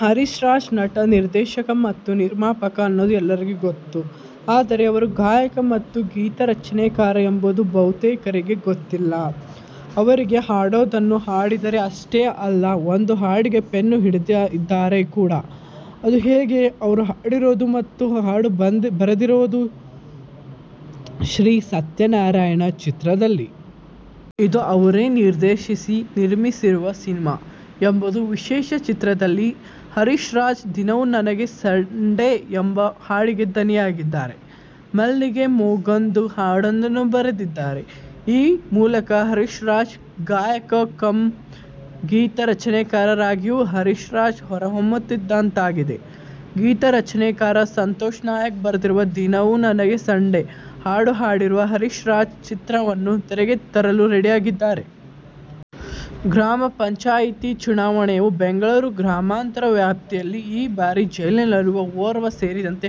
ಹರೀಶ್ರಾಜ್ ನಟ, ನಿರ್ದೇಶಕ ಮತ್ತು ನಿರ್ಮಾಪಕ ಅನ್ನೋದು ಎಲ್ಲರಿಗೂ ಗೊತ್ತು. ಆದರೆ ಅವರು ಗಾಯಕ ಮತ್ತು ಗೀತರಚನೆಕಾರ ಎಂಬುದು ಬಹುತೇಕರಿಗೆ ಗೊತ್ತಿಲ್ಲ. ಅವರೀಗ ಹಾಡೊಂದನ್ನು ಹಾಡಿದ್ದಾರೆ. ಅಷ್ಟೇ ಅಲ್ಲ, ಒಂದು ಹಾಡಿಗೆ ಪೆನ್ನು ಹಿಡಿದಿದ್ದಾರೆ ಕೂಡ. ಅಂದಹಾಗೆ, ಅವರು ಹಾಡಿರೋದು ಮತ್ತು ಹಾಡು ಬರೆದಿರೋದು "ಶ್ರೀ ಸತ್ಯನಾರಾಯಣ' ಚಿತ್ರದಲ್ಲಿ. ಇದು ಅವರೇ ನಿರ್ದೇಶಿಸಿ, ನಿರ್ಮಿಸಿರುವ ಸಿನಿಮಾ ಎಂಬುದು ವಿಶೇಷ. ಚಿತ್ರದಲ್ಲಿ ಹರೀಶ್ರಾಜ್ "ದಿನವು ನನಗೆ ಸಂಡೇ' ಎಂಬ ಹಾಡಿಗೆ ದನಿಯಾಗಿದ್ದಾರೆ. "ಮಲ್ಲಿಗೆ ಮೊಗ್ಗೊಂದು' ಹಾಡೊಂದನ್ನು ಬರೆದಿದ್ದಾರೆ. ಈ ಮೂಲಕ ಹರೀಶ್ರಾಜ್, ಗಾಯಕ ಕಮ್ ಗೀತರಚನೆಕಾರರಾಗಿಯೂ ಹರೀಶ್ರಾಜ್ ಹೊರಹೊಮ್ಮಿದಂತಾಗಿದೆ. ಗೀತರಚನೆಕಾರ ಸಂತೋಷ್ನಾಯಕ್ ಬರೆದಿರುವ "ದಿನವು ನನಗೆ ಸಂಡೇ' ಹಾಡು ಹಾಡಿರುವ ಹರೀಶ್ರಾಜ್, ಚಿತ್ರವನ್ನು ತೆರೆಗೆ ತರಲು ರೆಡಿಯಾಗಿದ್ದಾರೆ. ಗ್ರಾಮ ಪಂಚಾಯ್ತಿ ಚುನಾವಣೆಯ ಬೆಂಗಳೂರು ಗ್ರಾಮಾಂತರ ವ್ಯಾಪ್ತಿಯಲ್ಲಿ ಈ ಬಾರಿ ಜೈಲಿನಲ್ಲಿರುವ ಓರ್ವ ಸೇರಿದಂತೆ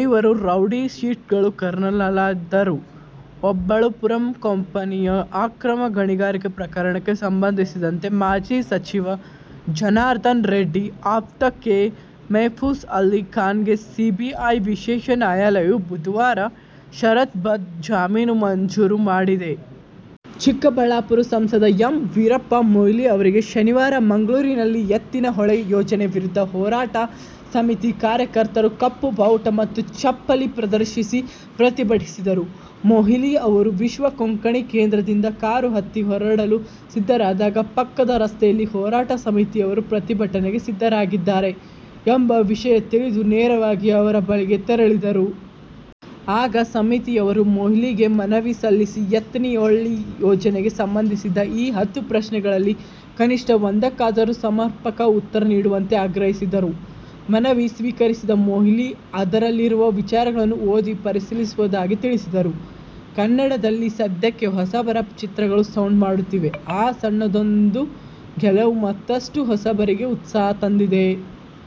ಐವರು ರೌಡಿ ಶೀಟರ್ಗಳು ಕಣದಲ್ಲಿದ್ದಾರೆ. ಓಬುಳಾಪುರಂ ಕಂಪನಿಯ ಅಕ್ರಮ ಗಣಿಗಾರಿಕೆ ಪ್ರಕರಣಕ್ಕೆ ಸಂಬಂಧಿಸಿದಂತೆ ಮಾಜಿ ಸಚಿವ ಜನಾರ್ದನ ರೆಡ್ಡಿ ಆಪ್ತ ಕೆ. ಮೆಹಫೂಜ್ ಅಲಿ ಖಾನ್ಗೆ ಸಿಬಿಐ ವಿಶೇಷ ನ್ಯಾಯಾಲಯು ಬುಧವಾರ ಷರತ್ತುಬದ್ಧ ಜಾಮೀನು ಮಂಜೂರು ಮಾಡಿದೆ. ಚಿಕ್ಕಬಳ್ಳಾಪುರ ಸಂಸದ ಎಂ. ವೀರಪ್ಪ ಮೊಯ್ಲಿ ಅವರಿಗೆ ಶನಿವಾರ ಮಂಗಳೂರಿನಲ್ಲಿ ಎತ್ತಿನಹೊಳೆ ಯೋಜನೆ ವಿರೋಧಿ ಹೋರಾಟ ಸಮಿತಿ ಕಾರ್ಯಕರ್ತರು ಕಪ್ಪು ಬಾವುಟ ಮತ್ತು ಚಪ್ಪಲಿ ಪ್ರದರ್ಶಿಸಿ ಪ್ರತಿಭಟಿಸಿದರು. ಮೊಯ್ಲಿ ಅವರು ವಿಶ್ವ ಕೊಂಕಣಿ ಕೇಂದ್ರದಿಂದ ಕಾರು ಹತ್ತಿ ಹೊರಡಲು ಸಿದ್ಧರಾದಾಗ ಪಕ್ಕದ ರಸ್ತೆಯಲ್ಲಿ ಹೋರಾಟ ಸಮಿತಿಯವರು ಪ್ರತಿಭಟನೆಗೆ ಸಿದ್ಧರಾಗಿದ್ದಾರೆ ಎಂಬ ವಿಷಯ ತಿಳಿದು ನೇರವಾಗಿ ಅವರ ಬಳಿಗೆ ತೆರಳಿದರು. ಆಗ ಸಮಿತಿಯವರು ಮೊಯ್ಲಿಗೆ ಮನವಿ ಸಲ್ಲಿಸಿ ಎತ್ತಿನಹೊಳೆ ಯೋಜನೆಗೆ ಸಂಬಂಧಿಸಿದ ಈ ಹತ್ತು ಪ್ರಶ್ನೆಗಳಲ್ಲಿ ಕನಿಷ್ಠ ಒಂದಕ್ಕಾದರೂ ಸಮರ್ಪಕ ಉತ್ತರ ನೀಡುವಂತೆ ಆಗ್ರಹಿಸಿದರು. ಮನವಿ ಸ್ವೀಕರಿಸಿದ ಮೊಯ್ಲಿ ಅದರಲ್ಲಿರುವ ವಿಚಾರಗಳನ್ನು ಓದಿ ಪರಿಶೀಲಿಸುವುದಾಗಿ ತಿಳಿಸಿದರು. ಕನ್ನಡದಲ್ಲಿ ಸದ್ಯಕ್ಕೆ ಹೊಸಬರ ಚಿತ್ರಗಳು ಸೌಂಡು ಮಾಡುತ್ತಿವೆ. ಆ ಸಣ್ಣದೊಂದು ಗೆಲುವು ಮತ್ತಷ್ಟು ಹೊಸಬರಿಗೆ ಉತ್ಸಾಹ ತಂದಿದೆ.